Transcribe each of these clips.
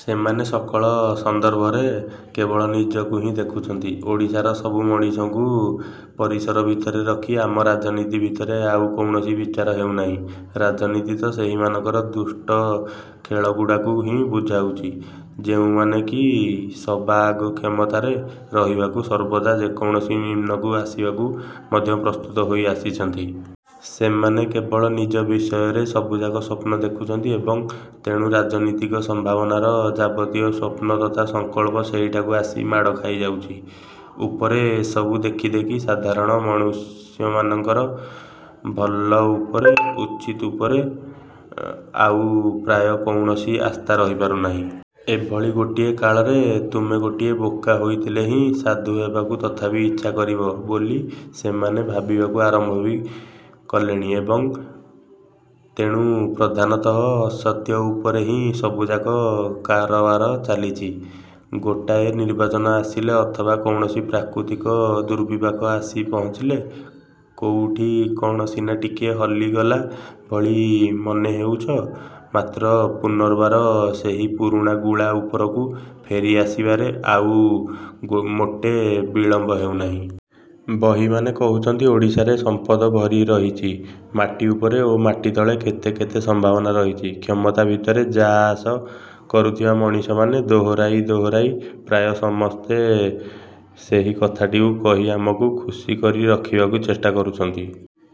ସେମାନେ ସକଳ ସନ୍ଦର୍ଭରେ, କେବଳ ନିଜକୁ ହିଁ ଦେଖୁଛନ୍ତି। ଓଡ଼ିଶାର ସବୁ ମଣିଷଙ୍କୁ ପରିସର ଭିତରେ ରଖି ଆମ ରାଜନୀତି ଭିତରେ ଆଉ କୌଣସି ବିଚାର ହେଉନାହିଁ। ରାଜନୀତି ତ ସେହିମାନଙ୍କର ଦୁଷ୍ଟ ଖେଳଗୁଡ଼ାକୁ ହିଁ ବୁଝାଉଛି, ଯେଉଁମାନେ କି ସବାଆଗ କ୍ଷମତାରେ ରହିବାକୁ ସର୍ବଦା ଯେକୌଣସି ନିମ୍ନକୁ ଆସିବାକୁ ମଧ୍ୟ ପ୍ରସ୍ତୁତ ହୋଇ ଆସିଛନ୍ତି। ସେମାନେ କେବଳ ନିଜ ବିଷୟରେ ସବୁଯାକ ସ୍ଵପ୍ନ ଦେଖୁଛନ୍ତି ଏବଂ ତେଣୁ ରାଜନୀତିକ ସମ୍ଭାବନାର ଯାବତୀୟ ସ୍ୱପ୍ନ ତଥା ସଂକଳ୍ପ ସେହିଠାକୁ ଆସି ମାଡ଼ ଖାଇଯାଉଛି। ଉପରେ ଏସବୁ ଦେଖି ଦେଖି ସାଧାରଣ ମନୁଷ୍ୟମାନଙ୍କର ଭଲ ଉପରେ, ଉଚିତ ଉପରେ ଆଉ ପ୍ରାୟ କୌଣସି ଆସ୍ଥା ରହିପାରୁନାହିଁ। ଏଭଳି ଗୋଟିଏ କାଳରେ ତୁମେ ଗୋଟିଏ ବୋକା ହୋଇଥିଲେ ହିଁ ସାଧୁ ହେବାକୁ ତଥାପି ଇଚ୍ଛା କରିବ ବୋଲି ସେମାନେ ଭାବିବାକୁ ଆରମ୍ଭ ବି କଲେଣି ଏବଂ ତେଣୁ ପ୍ରଧାନତଃ ଅସତ୍ୟ ଉପରେ ହିଁ ସବୁଯାକ କାରବାର ଚାଲିଛି। ଗୋଟାଏ ନିର୍ବାଚନ ଆସିଲେ ଅଥବା କୌଣସି ପ୍ରାକୃତିକ ଦୁର୍ବିପାକ ଆସି ପହଂଚିଲେ ,କୋଉଠି କ'ଣ ସିନା ଟିକିଏ ହଲିଗଲା ଭଳି ମନେ ହେଉଛ ମାତ୍ର ପୁନର୍ବାର ସେହି ପୁରୁଣା ଗୁଳା ଉପରକୁ ଫେରିଆସିବାରେ ଆଉ ମୋଟେ ବିଳମ୍ବ ହେଉନାହିଁ। ବହିମାନେ କହୁଛନ୍ତି ଓଡ଼ିଶାରେ ସମ୍ପଦ ଭରି ହୋଇ ରହିଛି। ମାଟି ଉପରେ ଓ ମାଟି ତଳେ କେତେ କେତେ ସମ୍ଭାବନା ରହିଛି। କ୍ଷମତା ଭିତରେ ଯାଆଆସ କରୁଥିବା ମଣିଷମାନେ ଦୋହରାଇ ଦୋହରାଇ ପ୍ରାୟ ସମସ୍ତେ ସେହି କଥାଟିକୁ କହି ଆମକୁ ଖୁସି କରି ରଖିବାକୁ ଚେଷ୍ଟା କରୁଛନ୍ତି।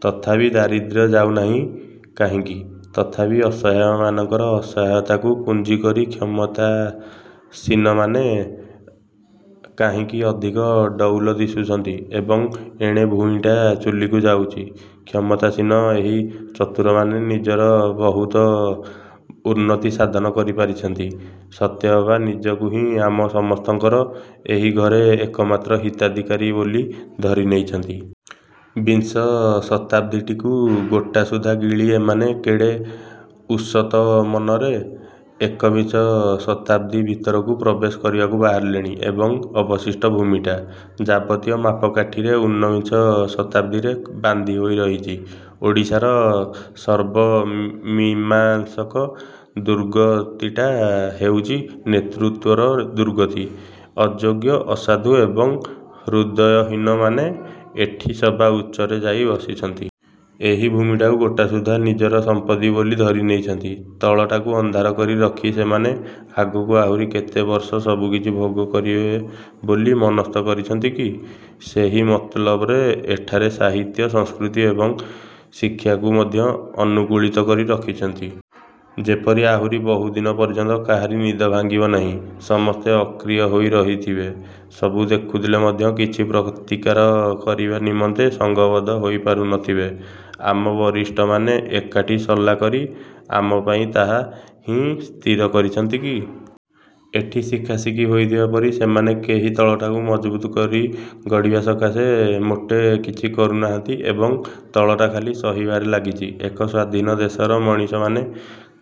ତଥାପି ଦାରିଦ୍ର୍ୟ ଯାଉନାହିଁ କାହିଁକି? ତଥାପି ଅସହାୟମାନଙ୍କର ଅସହାୟତାକୁ ପୁଞ୍ଜି କରି କ୍ଷମତାସୀନମାନେ କାହିଁକି ଅଧିକ ଡ଼ଉଲ ଦିଶୁଛନ୍ତି ଏବଂ ଏଣେ ଭୂଇଁଟା ଚୂଲିକୁ ଯାଉଛି? କ୍ଷମତାସୀନ ଏହି ଚତୁରମାନେ ନିଜର ବହୁତ ଉନ୍ନତି ସାଧନ କରିପାରିଛନ୍ତି। ସତେଅବା ନିଜକୁ ହିଁ ଆମ ସମସ୍ତଙ୍କର ଏହି ଘରେ ଏକମାତ୍ର ହିତାଧିକାରୀ ବୋଲି ଧରି ନେଇଛନ୍ତି। ବିଂଶ ଶତାବ୍ଦୀଟିକୁ ଗୋଟାସୁଦ୍ଧା ଗିଳି ଏମାନେ କେଡ଼େ ଉଷତମନରେ ଏକବିଂଶ ଶତାବ୍ଦୀ ଭିତରକୁ ପ୍ରବେଶ କରିବାକୁ ବାହାରିଲେଣି। ଏବଂ ଅବଶିଷ୍ଟ ଭୂମିଟା। ଯାବତୀୟ ମାପକାଠିରେ ଊନବିଂଶ ଶତାବ୍ଦୀରେ ବାନ୍ଧି ହୋଇ ରହିଛି। ଓଡ଼ିଶାର ସର୍ବମୀମାଂସକ ଦୁର୍ଗତିଟା ହେଉଛି ନେତୃତ୍ୱର ଦୁର୍ଗତି। ଅଯୋଗ୍ୟ, ଅସାଧୁ ଏବଂ ହୃଦୟହୀନମାନେ ଏଠି ସବା ଉଚ୍ଚରେ ଯାଇ ବସିଛନ୍ତି। ଏହି ଭୂମିଟାକୁ ଗୋଟାସୁଦ୍ଧା ନିଜର ସମ୍ପତ୍ତି ବୋଲି ଧରି ନେଇଛନ୍ତି। ତଳଟାକୁ ଅନ୍ଧାର କରି ରଖି ସେମାନେ ଆଗକୁ ଆହୁରି କେତେ ବର୍ଷ ସବୁକିଛି ଭୋଗ କରିବେ ବୋଲି ମନସ୍ଥ କରିଛନ୍ତି କି? ସେହି ମତଲବରେ ଏଠାରେ ସାହିତ୍ୟ, ସଂସ୍କୃତି ଏବଂ ଶିକ୍ଷାକୁ ମଧ୍ୟ ଅନୁକୂଳିତ କରି ରଖିଛନ୍ତି। ଯେପରି ଆହୁରି ବହୁଦିନ ପର୍ଯ୍ୟନ୍ତ କାହାରି ନିଦ ଭାଙ୍ଗିବ ନାହିଁ, ସମସ୍ତେ ଅକ୍ରିୟ ହୋଇ ରହିଥିବେ, ସବୁ ଦେଖୁଥଲେ ମଧ୍ୟ କିଛି ପ୍ରତିକାର କରିବା ନିମନ୍ତେ ସଂଘବଦ୍ଧ ହୋଇପାରୁ ନଥିବେ। ଆମ ବରିଷ୍ଠମାନେ ଏକାଠି ସଲା କରି ଆମ ପାଇଁ ତାହା ହିଁ ସ୍ଥିର କରିଛନ୍ତି କି? ଏଠି ଶିଖାଶିଖି ହୋଇଥିବା ପରି ସେମାନେ କେହି ତଳଟାକୁ ମଜବୁତ କରି ଗଢ଼ିବା ସକାଶେ ମୋଟେ କିଛି କହୁନାହାନ୍ତି ଏବଂ, ତଳଟା ଖାଲି ସହିବାରେ ଲାଗିଛି। ଏକ ସ୍ୱାଧୀନ ଦେଶର ମଣିଷମାନେ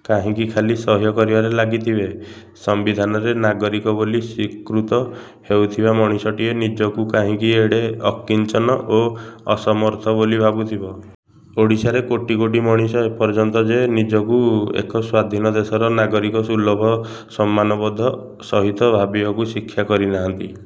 କାହିଁକି ଖାଲି ସହ୍ୟ କରିବାରେ ଲାଗିଥିବେ? ସଂବିଧାନରେ ନାଗରିକ ବୋଲି ସ୍ଵୀକୃତ ହେଉଥିବା ମଣିଷଟିଏ ନିଜକୁ କାହିଁକି ଏଡ଼େ ଅକିଂଚନ ଓ ଅସମର୍ଥ ବୋଲି ଭାବୁଥିବ? ଓଡ଼ିଶାରେ କୋଟି କୋଟି ମଣିଷ ଏପର୍ଯ୍ୟନ୍ତ ଯେ ନିଜକୁ ଏକ ସ୍ୱାଧୀନ ଦେଶର ନାଗରିକସୁଲଭ ସମ୍ମାନବୋଧ ସହିତ ଭାବିବାକୁ ଶିକ୍ଷା କରିନାହାନ୍ତି।